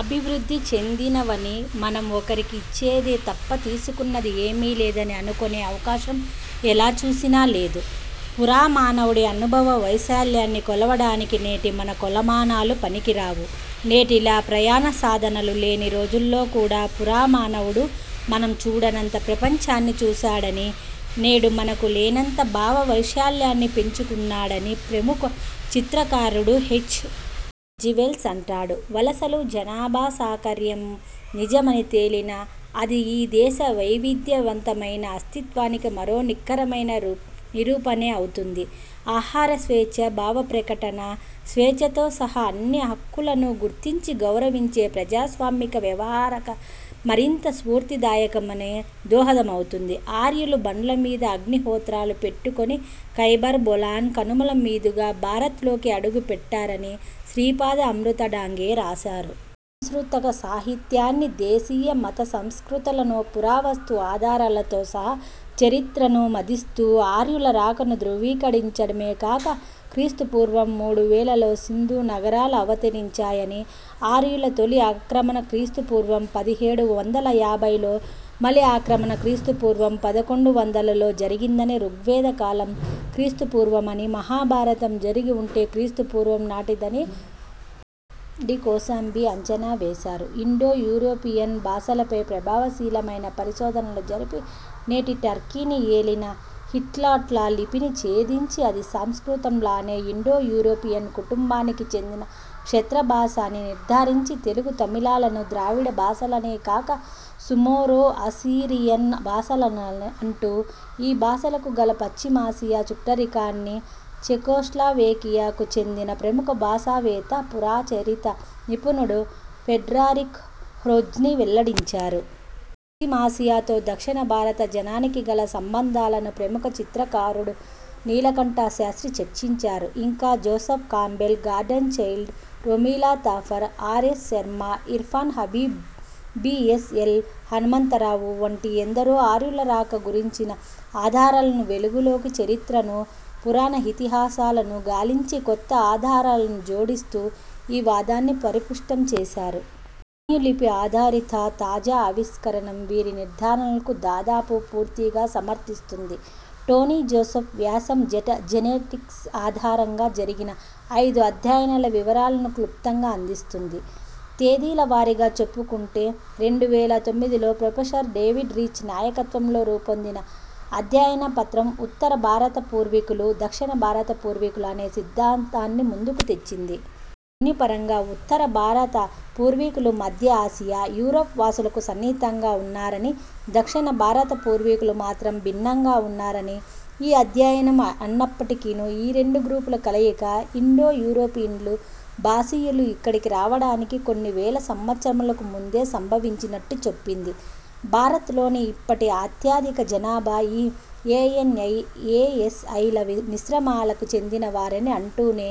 అభివృద్ధి చెందినవనీ, మనం ఒకరికి ఇచ్చిందే తప్ప తీసుకున్నది ఏమీలేదనీ అనుకునే అవకాశం ఎలా చూసినా లేదు. పురామానవుడి అనుభవ వైశాల్యాన్ని కొలవడానికి నేటి మన కొలమానాలు పనికిరావు. నేటిలా ప్రయాణ సాధనాలు లేని రోజుల్లో కూడా పురామానవుడు మనం చూడనంత ప్రపంచాన్ని చూశాడని, నేడు మనకు లేనంత భావవైశాల్యాన్ని పెంచుకున్నాడనీ ప్రముఖ చరిత్రకారుడు హెచ్. జి. వెల్స్ అంటాడు. వలసలు, జనాభాసాంకర్యం నిజమని తేలినా అది ఈ దేశ వైవిధ్యవంతమైన అస్తిత్వానికి మరో నిక్కమైన రూప నిరూపణే అవుతుంది. ఆహారస్వేచ్ఛ, భావప్రకటన స్వేచ్ఛతో సహా అన్ని హక్కులనూ గుర్తించి గౌరవించే ప్రజాస్వామిక వ్యవహరణకు మరింత స్ఫూర్తిదాయకమూ, దోహదమూ అవుతుంది. ఆర్యులు బండ్ల మీద అగ్నిహోత్రాలు పెట్టుకుని కైబర్, బొలాన్ కనుమల మీదుగా భారత్ లోకి అడుగుపెట్టారని శ్రీపాద అమృత డాంగే రాశారు. స్కృతసాహిత్యాన్నీ, దేశీయ మతసంస్కృతులను, పురావస్తు ఆధారాలతో సహా చరిత్రను మధిస్తూ ఆర్యులరాకను ధ్రువీకరించడమే కాక క్రీస్తు పూర్వం మూడు వేలలలో సింధు నగరాలు అవతరించాయనీ, ఆర్యుల తొలి ఆక్రమణ క్రీస్తు పూర్వం పదిహేడు వందల యాభైలో, మలి ఆక్రమణ క్రీస్తు పూర్వం పదకొండు వందలలో జరిగిందనీ, ఋగ్వేదకాలం క్రీస్తు పూర్వం అనీ, మహాభారతం జరిగి ఉంటే క్రీస్తు పూర్వం నాటిదనీ డి. డి. కోశాంబీ అంచనావేశారు. ఇండో యూరోపియన్ భాషలపై ప్రభావశీలమైన పరిశోధనలు జరిపి, నేటి టర్కీని ఏలిన హిట్టైట్ల లిపిని ఛేదించి అది సంస్కృతం లానే ఇండో యూరోపియన్ కుటుంబానికి చెందిన క్షత్రభాష అని నిర్ధారించి, తెలుగు, తమిళాలను ద్రావిడ భాషలని కాక, సుమేరో అసీరియన్ భాషలనాలని అంటూ ఈ భాషలకు గల పశ్చిమాసియా చుట్టరికాన్ని చెకొస్లవేకియాకు చెందిన ప్రముఖ భాషావేత్త, పురాచరిత నిపుణుడు ఫ్రెడరిక్ హ్రోజ్నీ వెల్లడించారు. పశ్చిమాసియాతో దక్షిణభారత జనానికి గల సంబంధాలను ప్రముఖ చరిత్రకారుడు నీలకంఠశాస్త్రి చర్చించారు. ఇంకా Joseph Campbell, Gordon Childe, Romila Thapar, R. S. Sharma, Irfan Habib, B. S. L. Hanumantharao వంటి ఎందరో ఆర్యుల రాక గురించిన ఆధారాల వెలుగులో చరిత్రను, పురాణ ఇతిహాసాలను గాలించి కొత్త ఆధారాలను జోడిస్తూ ఈ వాదాన్ని పరిపుష్టం చేశారు. జన్యులిపి ఆధారిత తాజా ఆవిష్కారం వీరి నిర్ధారణలను దాదాపు పూర్తిగా సమర్ధిస్తోంది. టోనీ జోసెఫ్ వ్యాసం జెట జెనెటిక్స్ ఆధారంగా జరిగిన అయిదు అధ్యయనాల వివరాలను క్లుప్తంగా అందిస్తోంది. తేదీల వారీగా చెప్పుకుంటే, రెండు వేల తొమ్మిదిలో ప్రొఫెసర్ డేవిడ్ రీచ్ నాయకత్వంలో రూపొందిన అధ్యయనపత్రం, 'ఉత్తర భారత పూర్వీకులు', 'దక్షిణభారత పూర్వీకులు ' అనే సిద్ధాంతాన్ని ముందుకు తెచ్చింది. జన్యుపరంగా ఉత్తర భారత పూర్వీకులు మధ్యఆసియా, యూరప్ వాసులకు సన్నిహితంగా ఉన్నారనీ, దక్షిణ భారత పూర్వీకులు మాత్రం భిన్నంగా ఉన్నారనీ ఈ అధ్యయనం అన్నప్పటికీ, ఈ రెండు గ్రూపుల కలయిక ఇండో యూరోపియన్ భాషీయులు ఇక్కడికి రావడానికి కొన్ని వేల సంవత్సరాములకు ముందే సంభవించినట్టు చెప్పింది. భారత్ లోని ఇప్పటి అత్యధిక జనాభా ఈ ఏఎన్ఐ, ఏఎస్ఐల మిశ్రమానికి చెందినవారని అంటూనే,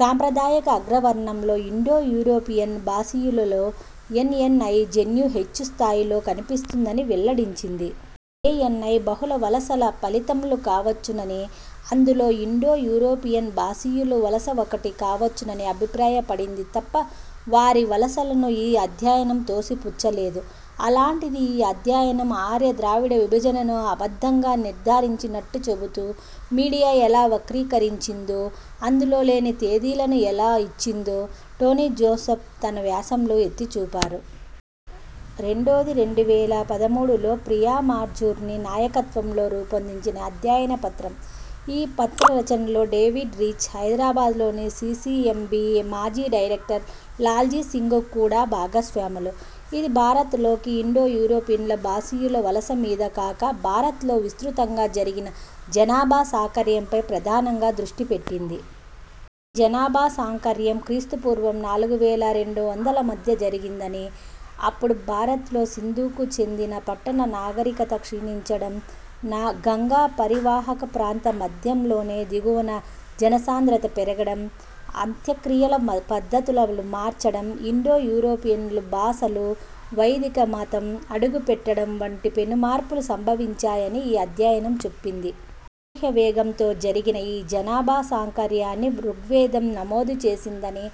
సాంప్రదాయిక అగ్రవర్ణంలో, ఇండో యూరోపియన్ భాషీయులలో ఎన్ఎన్ఐ జన్యువు హెచ్చు స్థాయిలో కనిపిస్తోందని వెల్లడించింది. ఏఎన్ఐ బహుళవలసల ఫలితమూ కావచ్చుననీ, అందులో ఇండో యూరోపియన్ భాషీయుల వలస ఒకటి కావచ్చుననీ అభిప్రాయపడింది తప్ప వారి వలసను ఈ అధ్యయనం తోసిపుచ్చలేదు. అలాంటిది, ఈ అధ్యయనం ఆర్య ద్రవిడ విభజనను అబద్ధంగా నిర్ధారించినట్టు చెబుతూ మీడియా ఎలా వక్రీకరించిందో, అందులో లేని తేదీలను ఎలా ఇచ్చిందో టోనీ జోసెఫ్ తన వ్యాసంలో ఎత్తిచూపారు. రెండోది, రెండు వేల పదమూడులో ప్రియా మూర్జాని నాయకత్వంలో రూపొందిన అధ్యయనపత్రం. ఈ పత్రరచనలో డేవిడ్ రీచ్, హైదరాబాద్ లోని సీసీఎంబీ మాజీ డైరక్టర్ లాల్జీ సింగ్ కూడా భాగస్వాములు. ఇది భారత్ లోకి ఇండో యూరోపియన్ భాషీయుల వలస మీద కాక, భారత్లో విస్తృతంగా జరిగిన జనాభాసాకర్యంపై ప్రధానంగా దృష్టిపెట్టింది. ఈ జనాభాసాంకర్యం క్రీస్తు పూర్వం నాలుగు వేల రెండు వందల మధ్య జరిగిందనీ, అప్పుడే భారత్ లో సింధుకు చెందిన పట్టణ నాగరికత క్షీణించడం, నా గంగాపరీవాహకప్రాంత మధ్యంలోనూ, దిగువనా జనసాంద్రత పెరగడం, అంత్యక్రియల మా పద్ధతులు మారడం, ఇండో యూరోపియన్ భాషలు, వైదికమతం అడుగుపెట్టడం వంటి పెనుమార్పులు సంభవించాయని ఈ అధ్యయనం చెప్పింది. అనూహ్యవేగంతో జరిగిన ఈ జనాభాసాంకర్యాన్ని ఋగ్వేదం నమోదు చేసిందని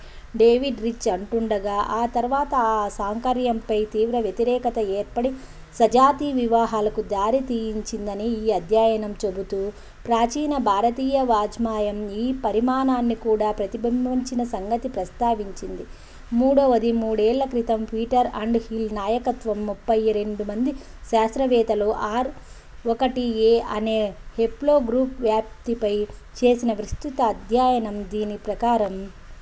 డేవిడ్ రీచ్ అంటుండగా, ఆ తర్వాత ఈ సాంకర్యంపై తీవ్రవ్యతిరేకత ఏర్పడి సజాతి వివాహాలకు దారి తీయించిందని ఈ అధ్యయనం చెబుతూ ప్రాచీన భారతీయ వాఙ్మయం ఈ పరిణామాన్ని కూడా ప్రతిబింబించిన సంగతిని ప్రస్తావించింది. మూడవది, మూడేళ్ళ క్రితం పీటర్ అండర్ హిల్ నాయకత్వం ముప్పై రెండుమంది శాస్త్రవేత్తలు ఆర్ ఒకటి ఏ అనే హెప్లో గ్రూపు వ్యాప్తిపై చేసిన విస్తృత అధ్యయనం. దీని ప్రకారం, ఈ